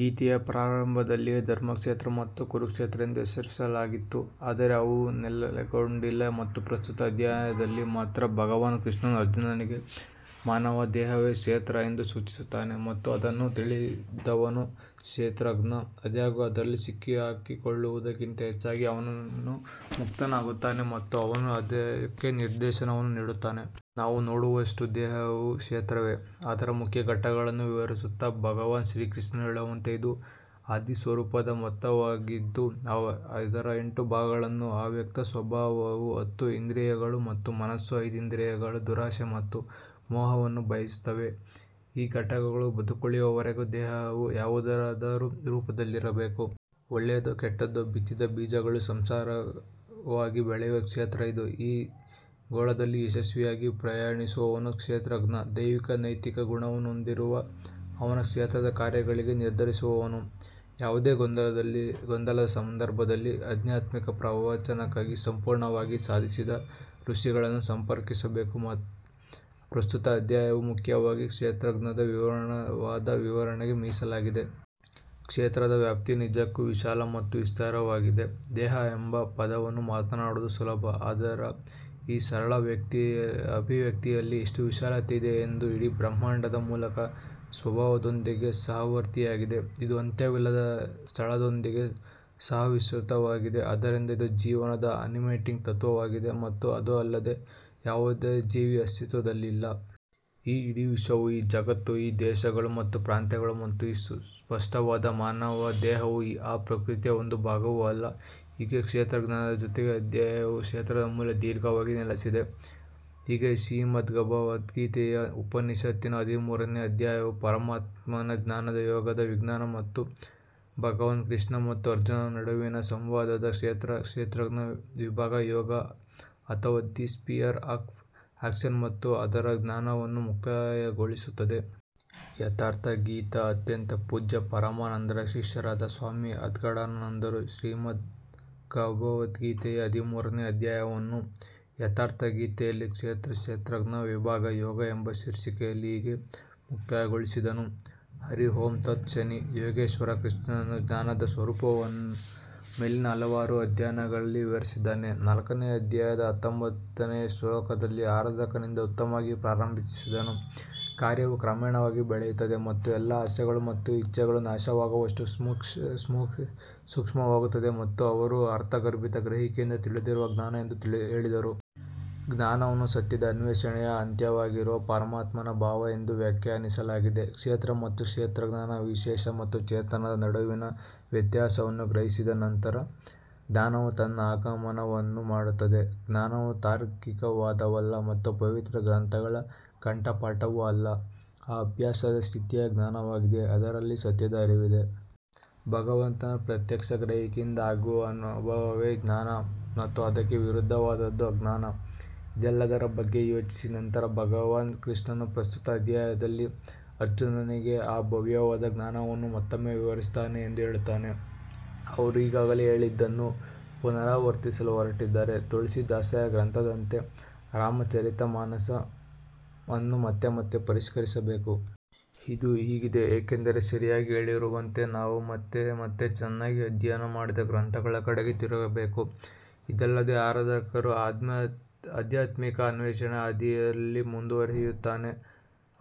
ಗೀತೆಯ ಪ್ರಾರಂಭದಲ್ಲಿಯೇ ಧರ್ಮಕ್ಷೇತ್ರ ಮತ್ತು ಕುರುಕ್ಷೇತ್ರ ಎಂದು ಹೆಸರಿಸಲಾಗಿತ್ತು ಆದರೆ ಅವು ನೆಲೆಗೊಂಡಿಲ್ಲ ಮತ್ತು ಪ್ರಸ್ತುತ ಅಧ್ಯಾಯದಲ್ಲಿ ಮಾತ್ರ ಭಗವಾನ್ ಕೃಷ್ಣನು ಅರ್ಜುನನಿಗೆ ಮಾನವ ದೇಹವೇ ಕ್ಷೇತ್ರ ಎಂದು ಸೂಚಿಸುತ್ತಾನೆ. ಮತ್ತು ಅದನ್ನು ತಿಳಿದವನು ಕ್ಷೇತ್ರಜ್ಞ. ಆದಾಗ್ಯೂ ಅದರಲ್ಲಿ ಸಿಕ್ಕಿಹಾಕಿಕೊಳ್ಳುವುದಕ್ಕಿಂತ ಹೆಚ್ಚಾಗಿ ಅವನು ಮುಕ್ತನಾಗುತ್ತಾನೆ ಮತ್ತು ಅವನು ಅದಕ್ಕೆ ನಿರ್ದೇಶನವನ್ನು ನೀಡುತ್ತಾನೆ. ನಾವು ನೋಡುವಷ್ಟು ದೇಹವು ಕ್ಷೇತ್ರವೇ. ಅದರ ಮುಖ್ಯ ಘಟಕಗಳನ್ನು ವಿವರಿಸುತ್ತಾ ಭಗವಾನ್ ಶ್ರೀಕೃಷ್ಣನು ಹೇಳುವಂತೆ ಇದು ಆದಿಸ್ವರೂಪದ ಮೊತ್ತವಾಗಿದ್ದು ಅದರ ಎಂಟು ಭಾಗಗಳು ಅವ್ಯಕ್ತ ಸ್ವಭಾವವು ಹತ್ತು ಇಂದ್ರಿಯಗಳು ಮತ್ತು ಮನಸ್ಸು ಐದು ಇಂದ್ರಿಯಗಳು ದುರಾಶೆ ಮತ್ತು ಮೋಹವನ್ನು ಬಯಸುತ್ತವೆ. ಈ ಘಟಕಗಳು ಬದುಕುಳಿಯುವವರೆಗೆ ದೇಹವು ಯಾವುದಾದರೂ ರೂಪದಲ್ಲಿರಬೇಕು. ಒಳ್ಳೆಯದೋ ಕೆಟ್ಟದ್ದೋ ಬಿತ್ತಿದ ಬೀಜಗಳು ಸಂಸ್ಕಾರವಾಗಿ ಬೆಳೆಯುವ ಕ್ಷೇತ್ರ ಇದು. ಈ ಗೋಳದಲ್ಲಿ ಯಶಸ್ವಿಯಾಗಿ ಪ್ರಯಾಣಿಸುವವನು ಕ್ಷೇತ್ರಜ್ಞ. ದೈವಿಕ ನೈತಿಕ ಗುಣವನ್ನು ಹೊಂದಿರುವ ಅವನು ಕ್ಷೇತ್ರದ ಕಾರ್ಯಗಳನ್ನು ನಿರ್ಧರಿಸುವವನು. ಯಾವುದೇ ಗೊಂದಲದ ಸಂದರ್ಭದಲ್ಲಿ ಆಧ್ಯಾತ್ಮಿಕ ಪ್ರವಚನಕ್ಕಾಗಿ ಸಂಪೂರ್ಣವಾಗಿ ಸಾಧಿಸಿದ ಋಷಿಗಳನ್ನು ಸಂಪರ್ಕಿಸಬೇಕು. ಪ್ರಸ್ತುತ ಅಧ್ಯಾಯವು ಮುಖ್ಯವಾಗಿ ಕ್ಷೇತ್ರಜ್ಞದ ವಿವರವಾದ ವಿವರಣೆಗೆ ಮೀಸಲಾಗಿದೆ. ಕ್ಷೇತ್ರದ ವ್ಯಾಪ್ತಿಯು ನಿಜಕ್ಕೂ ವಿಶಾಲ ಮತ್ತು ವಿಸ್ತಾರವಾಗಿದೆ. ದೇಹ ಎಂಬ ಪದವನ್ನು ಮಾತನಾಡುವುದು ತುಂಬಾ ಸುಲಭ ಆದರೆ ಈ ಸರಳ ಅಭಿವ್ಯಕ್ತಿಯಲ್ಲಿ ಎಷ್ಟು ವಿಶಾಲತೆ ಇದೆ. ಇದು ಇಡೀ ಬ್ರಹ್ಮಾಂಡದ ಮೂಲ ಸ್ವಭಾವದೊಂದಿಗೆ ಸಹವರ್ತಿಯಾಗಿದೆ. ಇದು ಅಂತ್ಯವಿಲ್ಲದ ಸ್ಥಳದೊಂದಿಗೆ ಸಹವಿಸ್ತೃತವಾಗಿದೆ. ಆದ್ದರಿಂದ ಇದು ಜೀವನದ ಅನಿಮೇಟಿಂಗ್ ತತ್ವವಾಗಿದೆ ಮತ್ತು ಅದು ಇಲ್ಲದೆ ಯಾವುದೇ ಜೀವಿ ಅಸ್ತಿತ್ವದಲ್ಲಿಲ್ಲ. ಈ ಇಡೀ ವಿಶ್ವವು ಈ ಜಗತ್ತು ಈ ದೇಶಗಳು ಮತ್ತು ಪ್ರಾಂತ್ಯಗಳು ಮತ್ತು ಈ ಸ್ಪಷ್ಟವಾದ ಮಾನವ ದೇಹವು ಆ ಪ್ರಕೃತಿಯ ಒಂದು ಭಾಗವೂ ಅಲ್ಲ. ಹೀಗೆ ಕ್ಷೇತ್ರಜ್ಞಾನದ ಜೊತೆಗೆ ಅಧ್ಯಾಯವು ಕ್ಷೇತ್ರದ ಮೇಲೆ ದೀರ್ಘವಾಗಿ ನೆಲೆಸಿದೆ. ಹೀಗೆ ಶ್ರೀಮದ್ಭಗವದ್ಗೀತೆಯ ಉಪನಿಷತ್ತಿನ ಹದಿಮೂರನೆಯ ಅಧ್ಯಾಯವು ಪರಮಾತ್ಮನ ಜ್ಞಾನದ ಯೋಗದ ವಿಜ್ಞಾನ ಮತ್ತು ಭಗವಾನ್ ಕೃಷ್ಣ ಮತ್ತು ಅರ್ಜುನನ ನಡುವಿನ ಸಂವಾದದ ಕ್ಷೇತ್ರ ಕ್ಷೇತ್ರಜ್ಞ ವಿಭಾಗ ಯೋಗ ಅಥವಾ ದಿ ಸ್ಪಿಯರ್ ಆಫ್ ಆಕ್ಷನ್ ಮತ್ತು ಅದರ ಜ್ಞಾನವನ್ನು ಮುಕ್ತಾಯಗೊಳಿಸುತ್ತದೆ. ಯಥಾರ್ಥ ಗೀತಾ ಅತ್ಯಂತ ಪೂಜ್ಯ ಪರಮಾನಂದರ ಶಿಷ್ಯರಾದ ಸ್ವಾಮಿ ಅದ್ಗಡಾನಂದರು ಶ್ರೀಮದ್ಭಗವದ್ಗೀತೆಯ ಹದಿಮೂರನೆಯ ಅಧ್ಯಾಯವನ್ನು ಯಥಾರ್ಥಗೀತೆಯಲ್ಲಿ ಕ್ಷೇತ್ರ ಕ್ಷೇತ್ರಜ್ಞ ವಿಭಾಗ ಯೋಗ ಎಂಬ ಶೀರ್ಷಿಕೆಯಲ್ಲಿ ಹೀಗೆ ಮುಕ್ತಾಯಗೊಳಿಸಿದರು. ಹರಿ ಓಂ ತತ್ ಶನಿ. ಯೋಗೇಶ್ವರ ಕೃಷ್ಣನು ಜ್ಞಾನದ ಸ್ವರೂಪವನ್ನು ಮೇಲಿನ ಹಲವಾರು ಅಧ್ಯಾಯಗಳಲ್ಲಿ ವಿವರಿಸಿದ್ದಾನೆ. ನಾಲ್ಕನೇ ಅಧ್ಯಾಯದ ಹತ್ತೊಂಬತ್ತನೇ ಶ್ಲೋಕದಲ್ಲಿ ಆರಾಧಕನಿಂದ ಉತ್ತಮವಾಗಿ ಪ್ರಾರಂಭಿಸಿದ ಕಾರ್ಯವು ಕ್ರಮೇಣವಾಗಿ ಬೆಳೆಯುತ್ತದೆ ಮತ್ತು ಎಲ್ಲಾ ಆಸೆಗಳು ಮತ್ತು ಇಚ್ಛೆಗಳು ನಾಶವಾಗುವಷ್ಟು ಸೂಕ್ಷ್ಮವಾಗುತ್ತದೆ ಮತ್ತು ಅವರು ಅರ್ಥಗರ್ಭಿತ ಗ್ರಹಿಕೆಯಿಂದ ತಿಳಿದಿರುವ ಜ್ಞಾನ ಎಂದು ಹೇಳಿದರು. ಜ್ಞಾನವನ್ನು ಸತ್ಯದ ಅನ್ವೇಷಣೆಯ ಅಂತ್ಯವಾಗಿರುವ ಪರಮಾತ್ಮನ ಭಾವ ಎಂದು ವ್ಯಾಖ್ಯಾನಿಸಲಾಗಿದೆ. ಕ್ಷೇತ್ರ ಮತ್ತು ಕ್ಷೇತ್ರಜ್ಞಾನ ವಿಷಯ ಮತ್ತು ಚೇತನದ ನಡುವಿನ ವ್ಯತ್ಯಾಸವನ್ನು ಗ್ರಹಿಸಿದ ನಂತರವೇ ಜ್ಞಾನವು ತನ್ನ ಆಗಮನವನ್ನು ಮಾಡುತ್ತದೆ. ಜ್ಞಾನವು ತಾರ್ಕಿಕ ವಾದವಲ್ಲ ಮತ್ತು ಪವಿತ್ರ ಗ್ರಂಥಗಳ ಕಂಠಪಾಠವೂ ಅಲ್ಲ. ಆ ಅಭ್ಯಾಸದ ಸ್ಥಿತಿಯು ಜ್ಞಾನವಾಗಿದೆ ಅದರಲ್ಲಿ ಸತ್ಯದ ಅರಿವಿದೆ. ಭಗವಂತನ ಪ್ರತ್ಯಕ್ಷ ಗ್ರಹಿಕೆಯಿಂದ ಆಗುವ ಅನುಭವವೇ ಜ್ಞಾನ ಮತ್ತು ಅದಕ್ಕೆ ವಿರುದ್ಧವಾದದ್ದು ಅಜ್ಞಾನ. ಇದೆಲ್ಲದರ ಬಗ್ಗೆ ಯೋಚಿಸಿದ ನಂತರವೂ ಭಗವಾನ್ ಕೃಷ್ಣನು ಪ್ರಸ್ತುತ ಅಧ್ಯಾಯದಲ್ಲಿ ಅರ್ಜುನನಿಗೆ ಆ ಭವ್ಯವಾದ ಜ್ಞಾನವನ್ನು ಮತ್ತೊಮ್ಮೆ ವಿವರಿಸುತ್ತೇನೆ ಎಂದು ಹೇಳುತ್ತಾನೆ. ಅವರು ಈಗಾಗಲೇ ಹೇಳಿದ್ದನ್ನು ಪುನರಾವರ್ತಿಸಲು ಹೊರಟಿದ್ದಾರೆ. ತುಳಸೀದಾಸರ ಗ್ರಂಥದಂತೆ ರಾಮಚರಿತಮಾನಸ್ ಅನ್ನು ಮತ್ತೆ ಮತ್ತೆ ಪರಿಷ್ಕರಿಸಬೇಕು. ಇದು ಹೀಗಿದೆ ಏಕೆಂದರೆ ಸರಿಯಾಗಿ ಹೇಳಿರುವಂತೆ ನಾವು ಮತ್ತೆ ಮತ್ತೆ ಚೆನ್ನಾಗಿ ಅಧ್ಯಯನ ಮಾಡಿದ ಗ್ರಂಥಗಳ ಕಡೆಗೆ ತಿರುಗಬೇಕು. ಇದಲ್ಲದೆ ಆರಾಧಕನು ಆಧ್ಯಾತ್ಮಿಕ ಅನ್ವೇಷಣೆಯ ಹಾದಿಯಲ್ಲಿ ಮುಂದುವರಿಯುತ್ತಾನೆ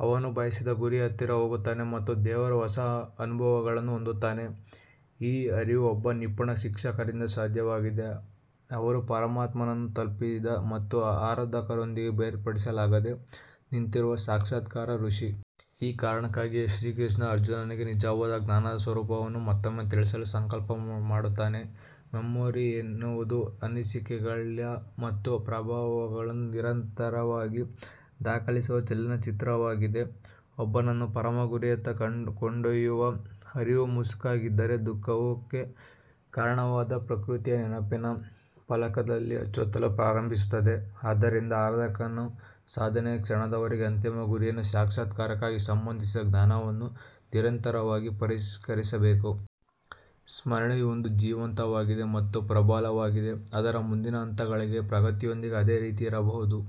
ಅವನು ಬಯಸಿದ ಗುರಿಯ ಹತ್ತಿರ ಹೋಗುತ್ತಾನೆ ಮತ್ತು ದೇವರ ಹೊಸ ಅನುಭವಗಳನ್ನು ಹೊಂದುತ್ತಾನೆ. ಈ ಅರಿವು ಒಬ್ಬ ನಿಪುಣ ಶಿಕ್ಷಕರಿಂದ ಸಾಧ್ಯವಾಗಿದೆ ಅವರು ಪರಮಾತ್ಮನನ್ನು ತಲುಪಿದ ಮತ್ತು ಆರಾಧಕರೊಂದಿಗೆ ಬೇರ್ಪಡಿಸಲಾಗದೆ ನಿಂತಿರುವ ಸಾಕ್ಷಾತ್ಕಾರ ಋಷಿ. ಈ ಕಾರಣಕ್ಕಾಗಿಯೇ ಶ್ರೀಕೃಷ್ಣನು ಅರ್ಜುನನಿಗೆ ನಿಜವಾದ ಜ್ಞಾನದ ಸ್ವರೂಪವನ್ನು ಮತ್ತೊಮ್ಮೆ ತಿಳಿಸಲು ಸಂಕಲ್ಪ ಮಾಡುತ್ತಾನೆ. ಮೆಮೊರಿ ಎನ್ನುವುದು ಅನಿಸಿಕೆಗಳು ಮತ್ತು ಪ್ರಭಾವಗಳನ್ನು ನಿರಂತರವಾಗಿ ದಾಖಲಿಸುವ ಚಲನಚಿತ್ರವಾಗಿದೆ. ಒಬ್ಬನನ್ನು ಪರಮ ಗುರಿಯತ್ತ ಕೊಂಡೊಯ್ಯುವ ಅರಿವು ಮಸುಕಾಗಿದ್ದರೆ ದುಃಖಕ್ಕೆ ಕಾರಣವಾದ ಪ್ರಕೃತಿಯು ನೆನಪಿನ ಫಲಕದಲ್ಲಿ ಅಚ್ಚೊತ್ತಲು ಪ್ರಾರಂಭಿಸುತ್ತದೆ. ಆದ್ದರಿಂದ ಆರಾಧಕನು ಸಾಧನೆಯ ಕ್ಷಣದವರೆಗೂ ಅಂತಿಮ ಗುರಿಯ ಸಾಕ್ಷಾತ್ಕಾರಕ್ಕೆ ಸಂಬಂಧಿಸಿದ ಜ್ಞಾನವನ್ನು ನಿರಂತರವಾಗಿ ಪರಿಷ್ಕರಿಸಬೇಕು. ಸ್ಮರಣೆಯು ಇಂದು ಜೀವಂತವಾಗಿದೆ ಮತ್ತು ಪ್ರಬಲವಾಗಿದೆ ಆದರೆ ಮುಂದಿನ ಹಂತಗಳಿಗೆ ಪ್ರಗತಿಯೊಂದಿಗೆ ಅದೇ ರೀತಿ ಇರಬಹುದು.